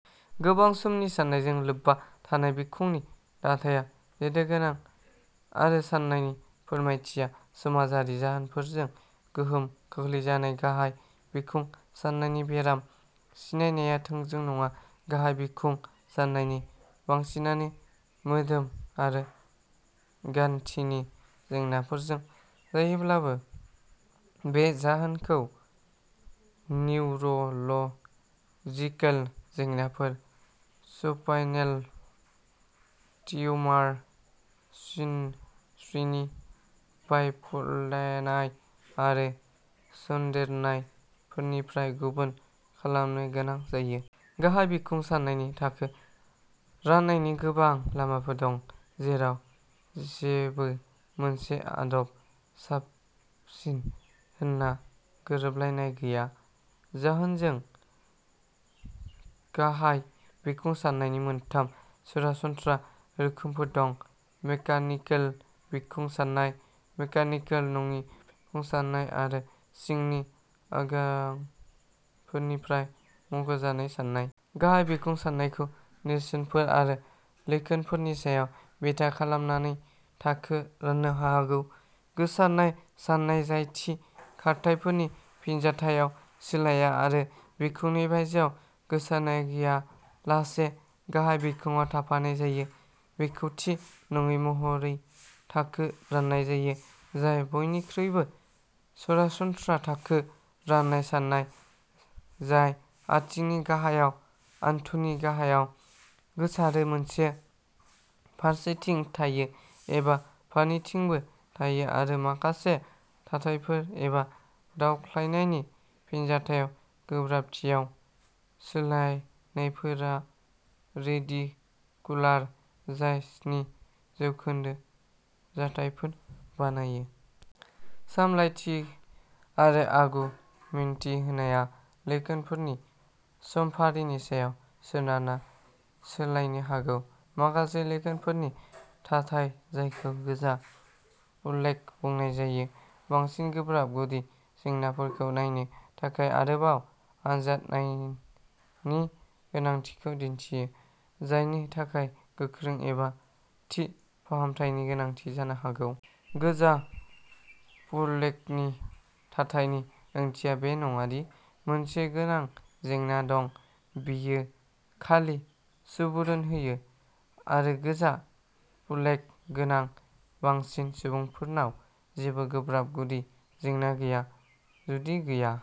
गोबां समनि सानायजों लोब्बा थानाय बिखुंनि दाथाया जेथोगोनां आरो सानायनि फोरमायथिया समाजारि जाहोनफोरजों गोहोम खोख्लैजानाय, गाहाय बिखुं सानायनि बेराम सिनायनाया थोंजों नङा। गाहाय बिखुं सानायनि बांसिनानो मोदोम आरो गान्थिनि जेंनाफोरजों जायोब्लाबो बे जाहोनखौ निउर'ल'जिकेल जेंनाफोर, सफाइनेल टिउमार, सिनस्रिनि बायफलेनाय आरो सन्देरनायफोरनिफ्राय गुबुन खालामनो गोनां जायो। गाहाय बिखुं सानायनि थाखो राननायनि गोबां लामाफोर दं, जेराव जेबो मोनसे आदब साबसिन होनना गोरोबलायनाय गैया। जाहोनजों गाहाय बिखुं साननायनि मोनथाम सरासनस्रा रोखोमफोर दं। मेकानिकेल बिखुं सानाय, मेकानिकेल नङि बिखुं सानाय, आरो सिंनि आगाफोरनिफ्राय मख'जानाय सानाय। गाहाय बिखुं सानायखौ नेरसोनफोर आरो लैखोनफोरनि सायाव बिथा खालामनानै थाखो राननो हागौ। गोसारनाय साननाय जाय थि खारथाइफोरनि फिनजाथायाव सोलाया आरो बिखुंनि बायजोआव गोसारनाय गैयालासे गाहाय बिखुंआव थाफानाय जायो, बेखौ थि नङै महरै थाखो राननाय जायो, जाय बयनिख्रुइबो सरासनस्रा थाखो राननाय साननाय जाय आथिंनि गाहायाव हान्थुनि गाहायाव गोसारो, मोनसे फारसेथिं थायो एबा फारनैथिंबो थायो आरो माखासे थाथायफोर एबा दावख्लायनायनि फिनजाथायाव गोब्राबथियाव सोलायनायफोरा रेडिकुलार, जाय स्नि जौखोन्दो जाथायफोर बानायो। सामलायथि आरो आगु मिन्थि होनाया लैखोनफोरनि समफारिनि सायाव सोनारना सोलायनो हागौ। माखासे लैखोनफोरनि थाथाय, जायखौ गोजा फुलेग बुंनाय जायो, बांसिन गोब्राब गुदि जेंनाफोरखौ नायनो थाखाय आरोबाव आनजाद नायनायनि गोनांथिखौ दिन्थियो, जायनि थाखाय गोख्रों एबा थि फाहामथायनि गोनांथि जानो हागौ। गोजा फलेगनि थाथायनि ओंथिया बे नङा दि मोनसे गोनां जेंना दं। बेयो खालि सुबुरुन होयो, आरो गोजा फलेग गोनां बांसिन सुबुंफोरनाव जेबो गोब्राब गुदि जेंना गैया। जुदि गैया।